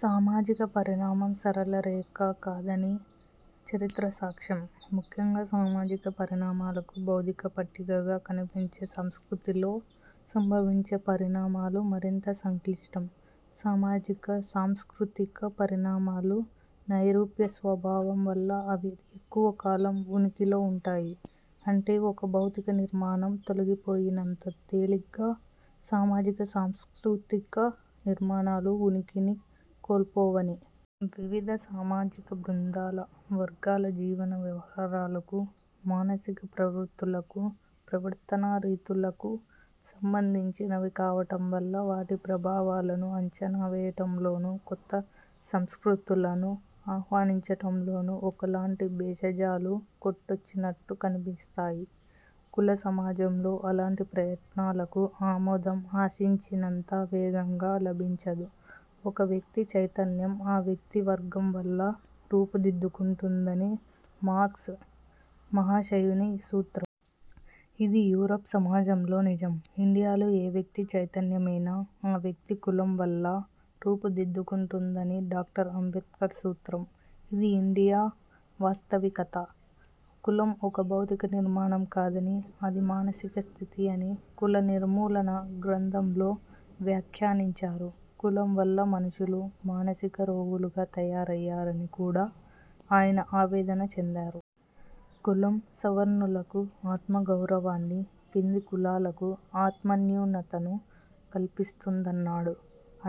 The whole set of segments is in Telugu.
సామాజిక పరిణామం సరళ రేఖ కాదని చరిత్ర సాక్ష్యం. ముఖ్యంగా సామాజిక పరిణామాలకు భౌతిక పట్టికగా కనిపించే సంస్కృతిలో సంభవించే పరిణామాలు మరింత సంక్లిష్టం. సామాజిక, సాంస్కృతిక పరిణామాలు నైరూప్య స్వభావం వల్ల అవి ఎక్కువ కాలం ఉనికిలో వుంటాయి. అంటే, ఒక భౌతిక నిర్మాణం తొలగిపోయినంత తేలిగ్గా, సామాజిక సాంస్కృతిక నిర్మాణాలు ఉనికిని కోల్పోవని. వివిధ సామాజిక బృందాల, వర్గాల జీవన వ్యవహారాలకూ, మానసిక ప్రవృత్తులకూ, ప్రవర్తనా రీతులకూ సంబంధించినవి కావటం వల్ల వాటి ప్రభావాలను అంచనా వేయటంలోనూ కొత్త సంస్కృతులను ఆహ్వానించటంలోనూ ఒకలాంటి బేషజాలు కొట్టొచ్చినట్టు కనిపిస్తాయి. కుల సమాజంలో అలాంటి ప్రయత్నాలకు ఆమోదం ఆశించినంత వేగంగా లభించదు. ఒక వ్యక్తి చైతన్యం ఆ వ్యక్తి వర్గం వల్ల రూపుదిద్దుకుంటుందని మార్క్స్ మహాశయుని సూత్రం. ఇది యూరప్ సమాజంలో నిజం. ఇండియాలో ఏ వ్యక్తి చైతన్యమైనా, ఆ వ్యక్తి కులం వల్ల రూపుదిద్దుకుంటుందని డాక్టర్ అంబేడ్కర్ సూత్రం. ఇది ఇండియా వాస్తవికత. కులం ఒక భౌతిక నిర్మాణం కాదనీ, అది మానసిక స్థితి అని 'కుల నిర్మూలన' గ్రంథంలో వ్యాఖ్యానించారు. కులం వల్ల మనుషులు మానసిక రోగులుగా తయారయ్యారని కూడా ఆయన ఆవేదన చెందారు. కులం సవర్ణులకు ఆత్మగౌరవాన్నీ, కింది కులాలకు ఆత్మన్యూనతను కల్పిస్తుందన్నాడు.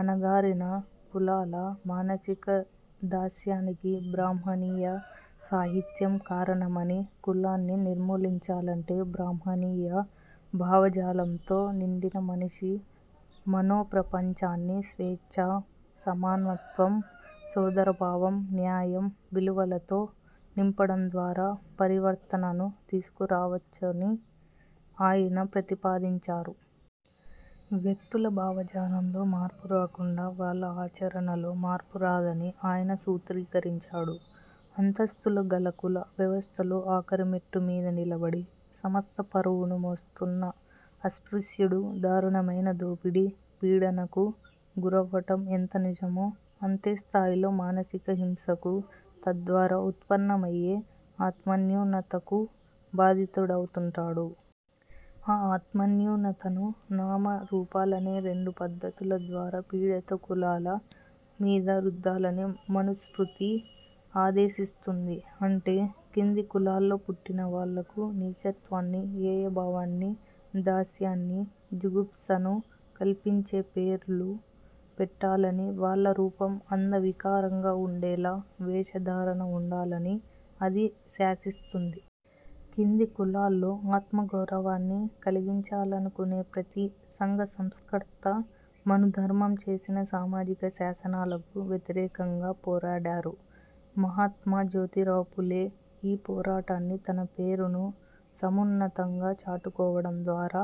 అణగారిన కులాల మానసిక దాస్యానికి బ్రాహ్మణీయ సాహిత్యం కారణమనీ, కులాన్ని నిర్మూలించాలంటే బ్రాహ్మణీయ భావజాలంతో నిండిన మనిషి మనో ప్రపంచాన్ని స్వేచ్ఛ, సమానత్వం, సోదరభావం, న్యాయం విలువలతో నింపడం ద్వారా పరివర్తనను తీసుకురావొచ్చని ఆయన ప్రతిపాదించాడు. వ్యక్తుల భావజాలంలో మార్పు రాకుండా వాళ్ల ఆచరణలో మార్పు రాదని ఆయన సూత్రీకరించాడు. అంతస్థులు గల కుల వ్యవస్థలో ఆఖరిమెట్టు మీద నిలబడి, సమస్త బరువును మోస్తున్న అస్పృశ్యుడు దారుణమైన దోపిడీ పీడనకు గురవ్వటం ఎంత నిజమో, అంతే స్థాయిలో మానసిక హింసకూ, తద్వారా ఉత్పన్నమయ్యే ఆత్మన్యూనతకూ బాధితుడవుతుంటాడు. ఈ ఆత్మన్యూనతను నామ, రూపాలనే రెండు పద్ధతుల ద్వారా పీడిత కులాల మీద రుద్దాలని మనుస్మృతి ఆదేశిస్తుంది. అంటే, కింది కులాల్లో పుట్టిన వాళ్లకు నీచత్వాన్నీ, హేయభావాన్నీ, దాస్యాన్నీ, జుగుప్సనూ కల్పించే పేర్లు పెట్టాలనీ, వాళ్ల రూపం అంద వికారంగా వుండేలా వేషధారణ వుండాలని అది శాసిస్తుంది. కింది కులాల్లో ఆత్మగౌరవాన్ని కలిగించాలనుకొనే ప్రతి సంఘ సంస్కర్త మనుధర్మం చేసిన సామాజిక శాసనాలకు వ్యతిరేకంగా పోరాడారు. మహాత్మ జ్యోతిరావు ఫూలే ఈ పోరాటాన్ని తన పేరును సమున్నతంగా చాటుకోవటం ద్వారా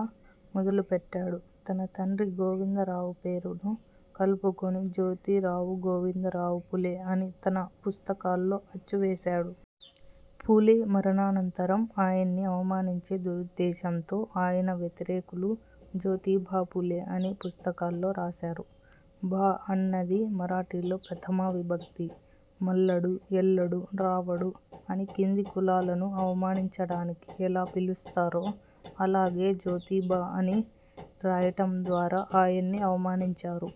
మొదలుపెట్టాడు. తన తండ్రి గోవిందరావు పేరును కలుపుకొని 'జ్యోతిరావు గోవిందరావు ఫూలే' అని తన పుస్తకాల్లో అచ్చువేశాడు. ఫూలే మరణానంతరం ఆయన్ని అవమానించే దురుద్దేశంతో ఆయన వ్యతిరేకులు 'జ్యోతిబా ఫూలే' అని పుస్తకాల్లో రాశారు. 'బా' అన్నది మరాఠీలో ప్రథమా విభక్తి. మల్లడు, ఎల్లడు, రావడు అని కింది కులాలను అవమానించడానికి ఎలా పిలుస్తారో, అలాగే జ్యోతిబా అని రాయటం ద్వారా ఆయన్ని అవమానించారు.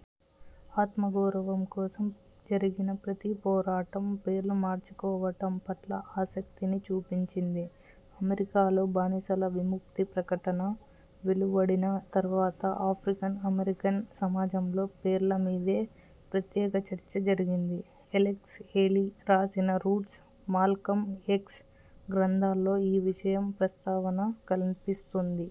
ఆత్మగౌరవం కోసం జరిగిన ప్రతిపోరాటం పేర్లు మార్చుకోవటం పట్ల ఆసక్తిని చూపించింది. అమెరికాలో బానిసల 'విముక్తి ప్రకటన' వెలువడిన తర్వాత ఆఫ్రికన్ అమెరికన్ సమాజంలో పేర్ల మీదే ప్రత్యేక చర్చ జరిగింది. ఎలెక్స్ హేలీ రాసిన 'రూట్స్', 'మాల్కం ఎక్స్' గ్రంథాల్లో ఈ విషయం ప్రస్తావన కన్పిస్తుంది.